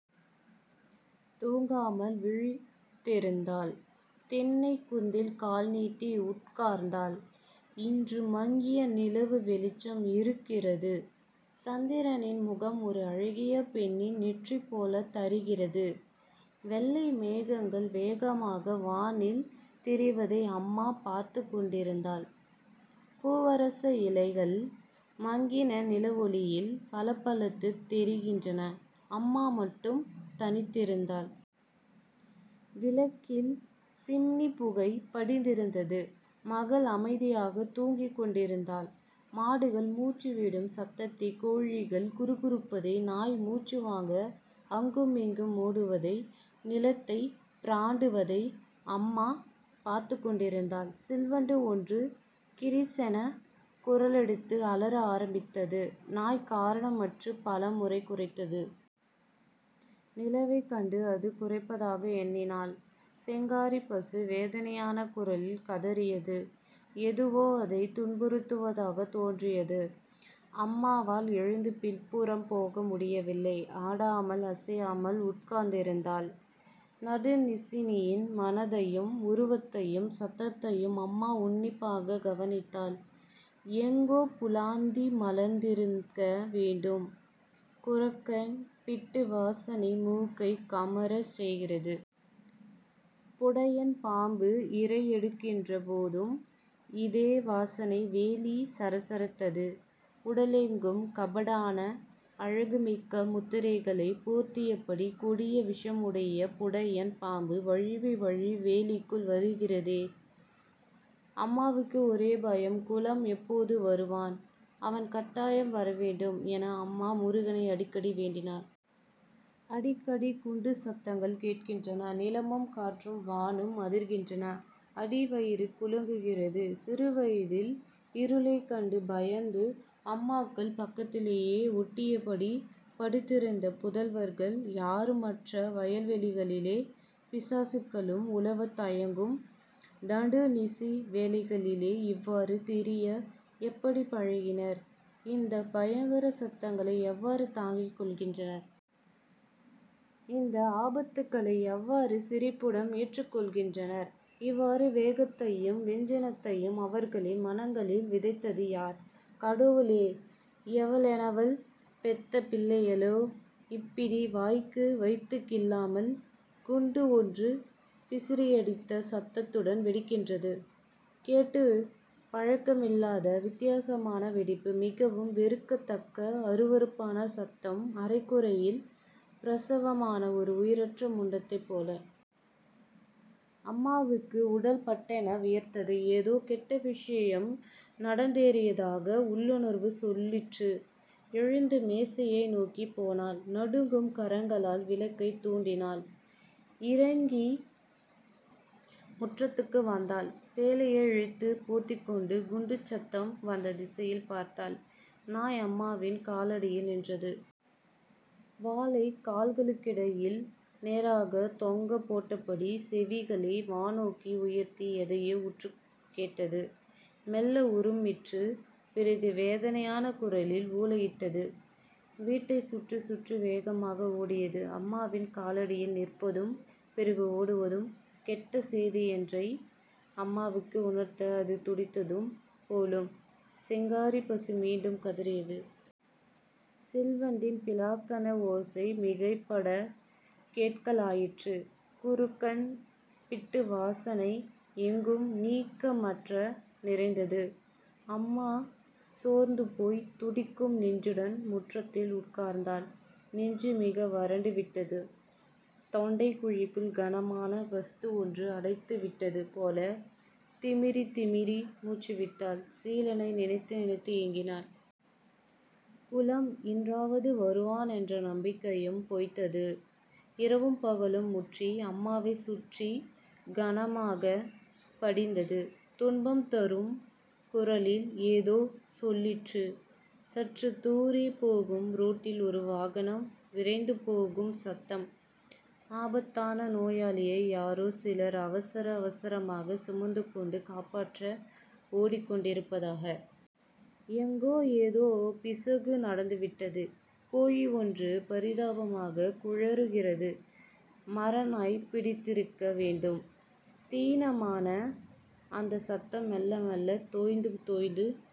தூங்காமல் விழித்திருந்தாள். திண்ணைக் குந்தில் கால் நீட்டி உட்கார்ந்தாள். இன்று மங்கிய நிலவு வெளிச்சம் இருக்கிறது. சந்திரனின் முகம் ஒரு அழகிய பெண்ணின் நெற்றி போலத் தரிகிறது. வெள்ளை மேகங்கள் வேகமாக வானில் திரிவதை அம்மா பார்த்துக்கொண்டிருத்தாள். பூவரசயிலைகள் மங்கின நிலவொளியில் பளபளத்துத் தெரிகின்றன. அம்மா மட்டும் தனித்திருந்தாள். விளக்கில் சிம்னி புகை படிந்திருந்தது. மகள் அமைதியாகத் தூங்கிக் கொண்டிருந்தாள். மாடுகள் மூச்சு விடும் சத்தத்தை கோழிகள் குறுகுறுப்பதை நாய் மூச்சுவாங்க அங்கும் இங்கும் ஓடுவதை நிலத்தைப் பிராண்டுவதை. அம்மா பார்த்துக் கொண்டிருந்தாள். சிள்வண்டு ஒன்று கிரிச்சென குரலெடுத்து அலற ஆரம்பித்தது. நாய் காரணமற்றுப் பலமுறை குரைத்தது. நிலவைக் கண்டு அது குரைப்பதாக எண்ணினாள். செங்காரிப்பசு வேதனையான குரலில் கதறியது எதுவோ அதைத் துன்புறுத்துவதாகத் தோன்றியது. அம்மாவால் எழுந்து பின்புறம் போக முடியவில்லை. ஆடாமல் அசையாமல் உட்கார்ந்திருந்தாள். நடுநிசியின் மணத்தையும் உருவத்தையும் சத்தத்தையும் அம்மா உன்னிப்பாக கவனித்தாள். எங்கோ புல்லாந்தி மலர்ந்திருக்க வேண்டும். குரக்கன் பிட்டு வாசனை மூக்கைக் கமறச் செய்கிறது. புடையன் பாம்பு இரையெடுக்கின்ற போதும் இதே வாசனை வேலி சரசரத்தது. உடலெங்கும் கபடான அழகுமிக்க முத்திரைகளைப் போர்த்தியபடி கொடிய விஷமுடைய புடையன் பாம்பு வழுவி வழுவி வேலிக்குள் வருகிறதோ? அம்மாவுக்கு ஒரே பயம் குலம் எப்போது வருவான்? அவன் கட்டாயம் வரவேண்டும் என அம்மா முருகனை அடிக்கடி வேண்டினாள். அடிக்கடி குண்டுச் சத்தங்கள் கேட்கின்றன. நிலமும் காற்றும் வானும் அதிர்கின்றன. அடிவயிறு குலுங்குகிறது. சிறுவயதில் இருளைக் கண்டு பயந்து அம்மாக்கள் பக்கத்திலேயே ஒட்டியபடி படுத்திருந்த புதல்வர்கள் யாருமற்ற வயல்வெளிகளிலே பிசாசுகளும் உலவத் தயங்கும் நடுநிசி வேளைகளிலே இவ்வாறு திரிய எப்படிப் பழகினர்? இந்தப் பயங்கர சத்தங்களை எவ்வாறு தாங்கிக் கொள்கின்றனர்? இந்த ஆபத்துக்களை எவ்வாறு சிரிப்புடன் ஏற்றுக் கொள்கின்றனர்? இவ்வாறு வேகத்தையும் வெஞ்சினத்தையும் அவர்களின் மனங்களில் விதைத்தது யார்? கடவுளே எவளெவள் பெத்த பிள்ளையளோ.. இப்பிடி வாய்க்கு வயித்துக்கில்லாமல்..குண்டு ஒன்று பிசிறியடித்த சத்தத்துடன் வெடிக்கின்றது. கேட்டுப் பழக்கமில்லாத வித்தியாசமான வெடிப்பு. மிகவும் வெறுக்கத்தக்க அருவருப்பான சத்தம் அரை குறையில் பிரசவமான ஒரு உயிரற்ற முண்டத்தைப் போல. அம்மாவுக்கு உடல் பட்டென வியர்த்தது. ஏதோ கெட்ட விஷயம் நடந்தேறியதாக உள்ளுணர்வு சொல்லிற்று. எழுந்து மேசையை நோக்கிப் போனாள். நடுங்கும் கரங்களால் விளக்கைத் தூண்டினாள். இறங்கி முற்றத்துக்கு வந்தாள். சேலையை இழுத்துப் போத்திக்கொண்டு குண்டுச் சத்தம் வந்த திசையில் பார்த்தாள். நாய் அம்மாவின் காலடியில் நின்றது. வாலைக் கால்களுக்கிடையில் நேராகத்தொங்கப் போட்டபடி செவிகளை வானோக்கி உயர்த்தி எதையோ உற்றுக் கேட்டது. மெல்ல உறுமிற்று. பிறகு வேதனையான குரலில் ஊளையிட்டது. வீட்டைச் சுற்றிச்சுற்றி வேகமாக ஓடியது. அம்மாவின் காலடியில் நிற்பதும்... பிறகு ஓடுவதும்... கெட்ட சேதியன்றை அம்மாவுக்கு உணர்த்த அது துடித்ததும் போலும்! செங்காரிப் பசு மீண்டும் கதறியது. சிள்வண்டின் பிலாக்கண ஓசை மிகைபடக் கேட்கலாயிற்று. குரக்கன் பிட்டுவாசனை எங்கும் நீக்கமற நிறைந்தது. அம்மா சோர்ந்துபோய், துடிக்கும் நெஞ்சுடன் முற்றத்தில் உட்கார்ந்தாள். நெஞ்சு மிக வரண்டு விட்டது. தொண்டைக் குழிக்குள் கனமான வஸ்து ஒன்று அடைத்துவிட்டது போலத் திமிறித்திமிறி மூச்சுவிட்டாள். சீலனை நினைத்து நினைத்து ஏங்கினாள். குலம் இன்றாவது வருவான் என்ற நம்பிக்கையும் பொய்த்தது. இரவும் பகலும் முற்றி அம்மாவைச் சுற்றிக் கனமாகப் படிந்தது, துன்பம் தரும் குரலில் ஏதோ சொல்லிற்று. சற்றுத் தூரே போகும் ரோட்டில் ஒரு வாகனம் விரைந்து போகும் சத்தம். ஆபத்தான நோயாளியை யாரோ சிலர் அவசர அவசரமாகச் சுமந்துகொணடு காப்பாற்ற ஓடிக் கொண்டிருப்பதாக.... எங்கோ ஏதோ பிசகு நடந்துவிட்டது. கோழிஒன்று பரிதாபமாகக் குழறுகிறது. மரநாய் பிடித்திருக்க வேண்டும். தீனமான அந்தச் சத்தம் மெல்ல மெல்லத் தேய்ந்து தேய்ந்து